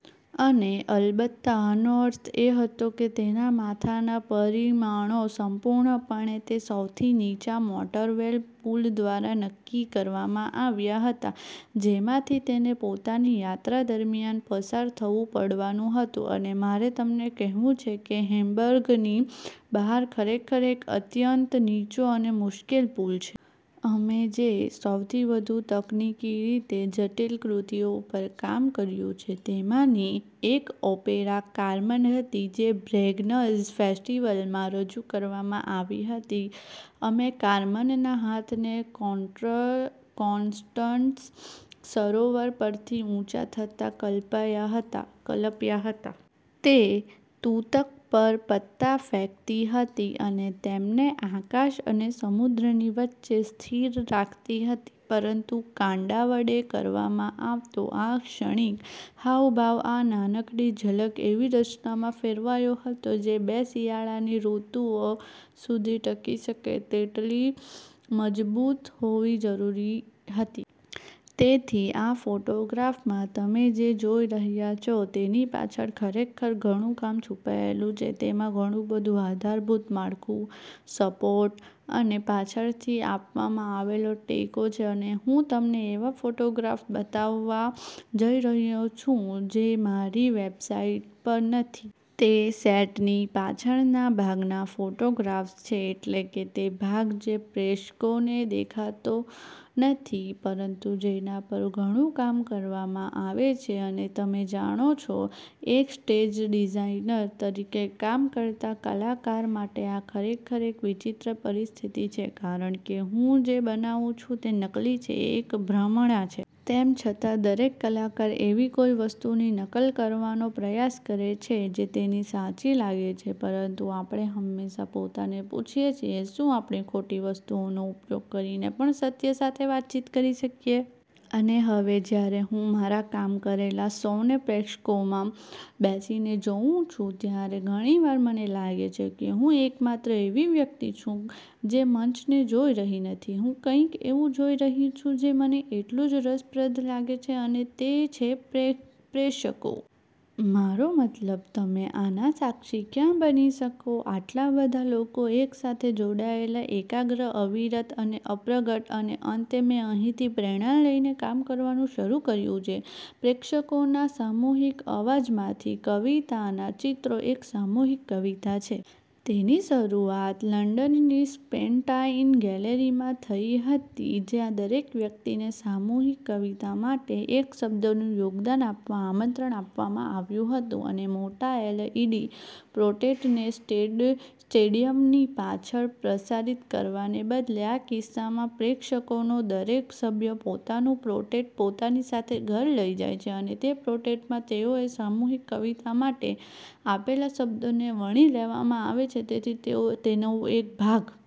અને અલબત્ત, આનો અર્થ એ હતો કે તેના માથાના પરિમાણો સંપૂર્ણપણે તે સૌથી નીચા મોટરવે પુલ દ્વારા નક્કી કરવામાં આવ્યા હતા, જેમાંથી તેને પોતાની યાત્રા દરમિયાન પસાર થવું પડવાનું હતું. અને મારે તમને કહેવું છે કે હેમ્બર્ગની બહાર ખરેખર એક અત્યંત નીચો અને મુશ્કેલ પુલ છે. અમે જે સૌથી વધુ તકનીકી રીતે જટિલ કૃતિઓ પર કામ કર્યું છે, તેમાંની એક ઓપેરા “કાર્મેન” હતી, જે બ્રેગેન્ઝ ફેસ્ટિવલમાં રજૂ કરવામાં આવી હતી. અમે કાર્મેનના હાથને કોન્સ્ટન્સ સરોવર પરથી ઊંચા થતા કલ્પ્યા હતા. તે તૂતક પર પત્તા ફેંકતી હતી અને તેમને આકાશ અને સમુદ્રની વચ્ચે સ્થિર રાખતી હતી. પરંતુ કાંડા વડે કરવામાં આવતો આ ક્ષણિક હાવભાવ, આ નાનકડી ઝલક, એવી રચનામાં ફેરવાયો હતો જે બે શિયાળાની ઋતુઓ સુધી ટકી શકે તેટલી મજબૂત હોવી જરૂરી હતી. તેથી, આ ફોટોગ્રાફમાં તમે જે જોઈ રહ્યા છો તેની પાછળ ખરેખર ઘણું કામ છુપાયેલું છે. તેમાં ઘણું બધું આધારભૂત માળખું, સપોર્ટ અને પાછળથી આપવામાં આવેલો ટેકો છે. અને હું તમને એવા ફોટોગ્રાફ્સ બતાવવા જઈ રહી છું જે મારી વેબસાઇટ પર નથી. તે સેટની પાછળના ભાગના ફોટોગ્રાફ્સ છે, એટલે કે તે ભાગ જે પ્રેક્ષકોને દેખાતો નથી, પરંતુ જેના પર ઘણું કામ કરવામાં આવે છે. અને તમે જાણો છો, એક સ્ટેજ ડિઝાઇનર તરીકે કામ કરતા કલાકાર માટે આ ખરેખર એક વિચિત્ર પરિસ્થિતિ છે, કારણ કે હું જે બનાવું છું તે નકલી છે, એક ભ્રમણા છે. તેમ છતાં, દરેક કલાકાર એવી કોઈ વસ્તુની નકલ કરવાનો પ્રયાસ કરે છે જે તેને સાચી લાગે છે. પરંતુ આપણે હંમેશાં પોતાને પૂછીએ છીએ: “શું આપણે ખોટી વસ્તુઓનો ઉપયોગ કરીને પણ સત્ય સાથે વાતચીત કરી શકીએ?” અને હવે જ્યારે હું મારા કામ કરેલા શોને પ્રેક્ષકોમાં બેસીને જોઉં છું, ત્યારે ઘણી વાર મને લાગે છે કે હું એકમાત્ર એવી વ્યક્તિ છું જે મંચને જોઈ રહી નથી. હું કંઈક એવું જોઈ રહી છું જે મને એટલું જ રસપ્રદ લાગે છે, અને તે છે પ્રેક્ષકો. મારો મતલબ, તમે આના સાક્ષી ક્યાં બની શકો? આટલા બધા લોકો એકસાથે જોડાયેલા, એકાગ્ર, અવિરત અને અપ્રગટ. અને અંતે, મેં અહીંથી પ્રેરણા લઈને કામ કરવાનું શરૂ કર્યું છે, પ્રેક્ષકોના સામૂહિક અવાજમાંથી. “કવિતાનાં ચિત્રો” એક સામૂહિક કવિતા છે. તેની શરૂઆત લંડનની સર્પેન્ટાઇન ગેલેરીમાં થઈ હતી, જ્યાં દરેક વ્યક્તિને સામૂહિક કવિતા માટે એક શબ્દનું યોગદાન આપવા આમંત્રણ આપવામાં આવ્યું હતું. અને મોટા એલઇડી પોટ્રેટને સ્ટેડિયમની પાછળ પ્રસારિત કરવાને બદલે, આ કિસ્સામાં, પ્રેક્ષકોનો દરેક સભ્ય પોતાનું પોટ્રેટ પોતાની સાથે ઘરે લઈ જાય છે, અને તે પોટ્રેટમાં તેઓએ સામૂહિક કવિતા માટે આપેલા શબ્દોને વણી લેવામાં આવે છે. તેથી તેઓ તેનો એક ભાગ...